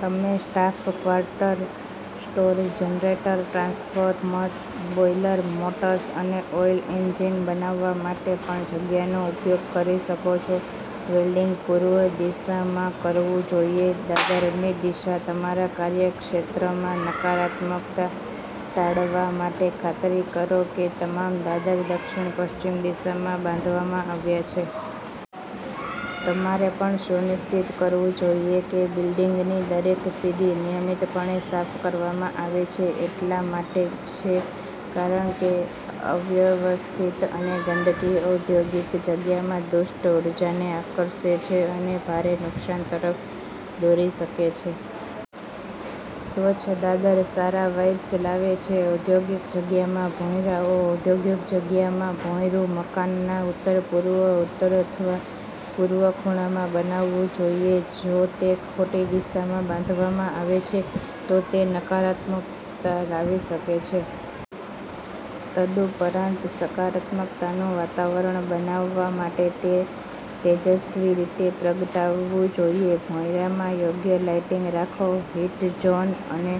તમે staff quarter, store generator, transformers, boiler, motors અને oil engine બનાવવા માટે પણજગ્યાનો ઉપયોગ કરી શકો છો. વેલ્ડીંગ પૂર્વ દિશામાંકરવું જોઈએ દાદરની દિશા તમારા કાર્યક્ષેત્રમાં નકારાત્મકતા ટાળવા માટે, ખાતરી કરો કે તમામ દાદર દક્ષિણ-પશ્ચિમ દિશામાં બાંધવામાં આવ્યા છે. તમારેપણ સુનિશ્ચિત કરવું જોઈએ કે બિલ્ડિંગની દરેક સીડી નિયમિતપણે સાફ કરવામાં આવે છે. એટલા માટે છે કારણ કે અવ્યવસ્થિત અને ગંદકી ઔદ્યોગિક જગ્યામાં દુષ્ટ ઊર્જાને આકર્ષે છે, અને ભારે નુકસાન તરફ દોરી શકે છે. સ્વચ્છ દાદર સારા વાઇબ્સ લાવે છે ઔદ્યોગિક જગ્યામાં ભોંયરાઓ ઔદ્યોગિક જગ્યામાં ભોંયરું મકાનના ઉત્તરપૂર્વ, ઉત્તર અથવા પૂર્વ ખૂણામાં બનાવવું જોઈએ. જો તે ખોટી દિશામાં બાંધવામાં આવે છે, તો તે નકારાત્મકતા લાવી શકે છે. તદુપરાંત, સકારાત્મકતાનું વાતાવરણ બનાવવા માટે તે તેજસ્વી રીતે પ્રગટાવવું જોઈએ. ભોંયરામાં યોગ્ય લાઇટિંગ રાખો હીટ ઝોન અને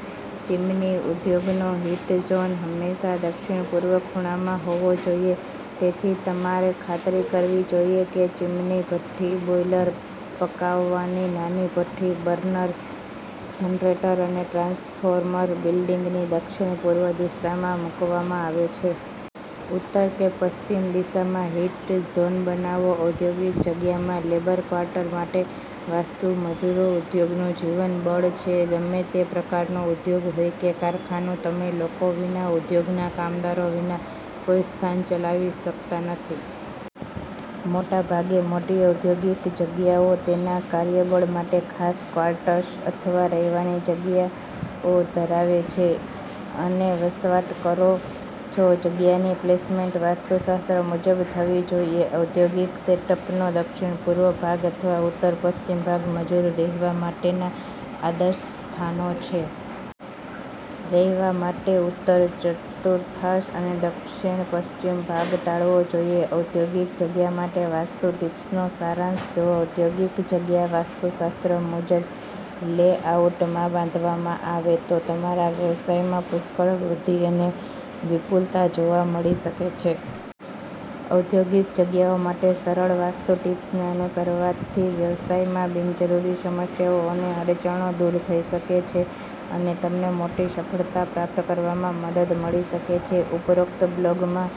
ચીમની ઉદ્યોગનો હીટ ઝોન હંમેશા દક્ષિણપૂર્વ ખૂણામાં હોવો જોઈએ. તેથી, તમારે ખાતરી કરવી જોઈએ કે ચીમની, ભઠ્ઠી, બોઈલર, પકાવવાની નાની ભઠ્ઠી, બર્નર, જનરેટર અને ટ્રાન્સફોર્મર બિલ્ડિંગની દક્ષિણપૂર્વ દિશામાં મૂકવામાં આવે છે. ઉત્તર કે પશ્ચિમ દિશામાં હીટ ઝોનબનાવો ઔદ્યોગિક જગ્યામાં લેબર ક્વાર્ટર માટે વાસ્તુ મજૂરોઉદ્યોગનું જીવન બળ છે. ગમે તે પ્રકારનો ઉદ્યોગ હોય કે કારખાનું, તમે લોકો વિના, ઉદ્યોગના કામદારો વિના કોઈ સ્થાન ચલાવી શકતા નથી. મોટાભાગે મોટી ઔદ્યોગિક જગ્યાઓ તેના કાર્યબળ માટે ખાસ ક્વાર્ટર્સ અથવા રહેવાની જગ્યાઓ ધરાવે છે અનેવસવાટ કરો છો જગ્યાની પ્લેસમેન્ટ વાસ્તુશાસ્ત્ર મુજબ થવી જોઈએ. ઔદ્યોગિક સેટઅપનો દક્ષિણ પૂર્વ ભાગ અથવા ઉત્તર પશ્ચિમ ભાગ મજૂર રહેવા માટેના આદર્શ સ્થાનો છે. રહેવા માટે ઉત્તર ચતુર્થાંશ અને દક્ષિણ પશ્ચિમ ભાગ ટાળવો જોઈએ. ઔદ્યોગિક જગ્યા માટે વાસ્તુ ટિપ્સનો સારાંશ જો ઔદ્યોગિક જગ્યા વાસ્તુશાસ્ત્ર મુજબ લેઆઉટમાં બાંધવામાં આવે તો તમારા વ્યવસાયમાં પુષ્કળ વૃદ્ધિ અને વિપુલતા જોવા મળી શકે છે. ઔદ્યોગિક જગ્યાઓ માટે સરળ વાસ્તુ ટીપ્સને અનુસરવાથી વ્યવસાયમાં બિનજરૂરી સમસ્યાઓ અને અડચણો દૂર થઈ શકે છે અને તમને મોટી સફળતા પ્રાપ્ત કરવામાં મદદ મળી શકે છે. ઉપરોક્ત બ્લોગમાં,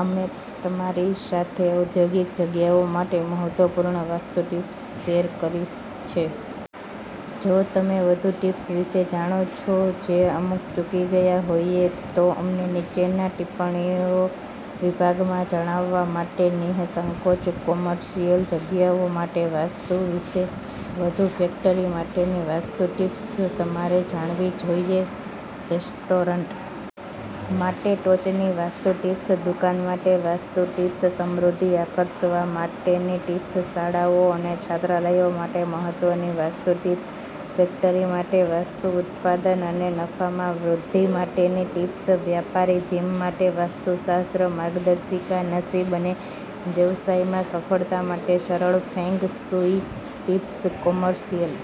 અમે તમારી સાથે ઔદ્યોગિક જગ્યાઓ માટે મહત્વપૂર્ણ વાસ્તુ ટીપ્સ શેર કરી છે. જો તમે વધુ ટિપ્સ વિશે જાણો છો જે અમે ચૂકી ગયા હોઈએ, તો અમને નીચેના ટિપ્પણીઓ વિભાગમાં જણાવવા માટે નિઃસંકોચ. કોમર્શિયલ જગ્યાઓ માટે વાસ્તુ વિશે વધુ ફેક્ટરી માટેની વાસ્તુ ટિપ્સ તમારે જાણવીજોઈએ રેસ્ટોરન્ટ માટે ટોચની વાસ્તુ ટીપ્સ દુકાન માટે વાસ્તુ ટીપ્સસમૃદ્ધિ આકર્ષવા માટેની ટીપ્સ શાળાઓ અને છાત્રાલયો માટે મહત્વની વાસ્તુ ટીપ્સ ફેક્ટરી માટે વાસ્તુઉત્પાદન અને નફામાં વૃદ્ધિ માટેની ટીપ્સ વ્યાપારી જીમ માટે વાસ્તુશાસ્ત્ર માર્ગદર્શિકા નસીબ અને વ્યવસાયમાં સફળતા માટે સરળ ફેંગ શુઇ ટિપ્સ કોમર્શિયલ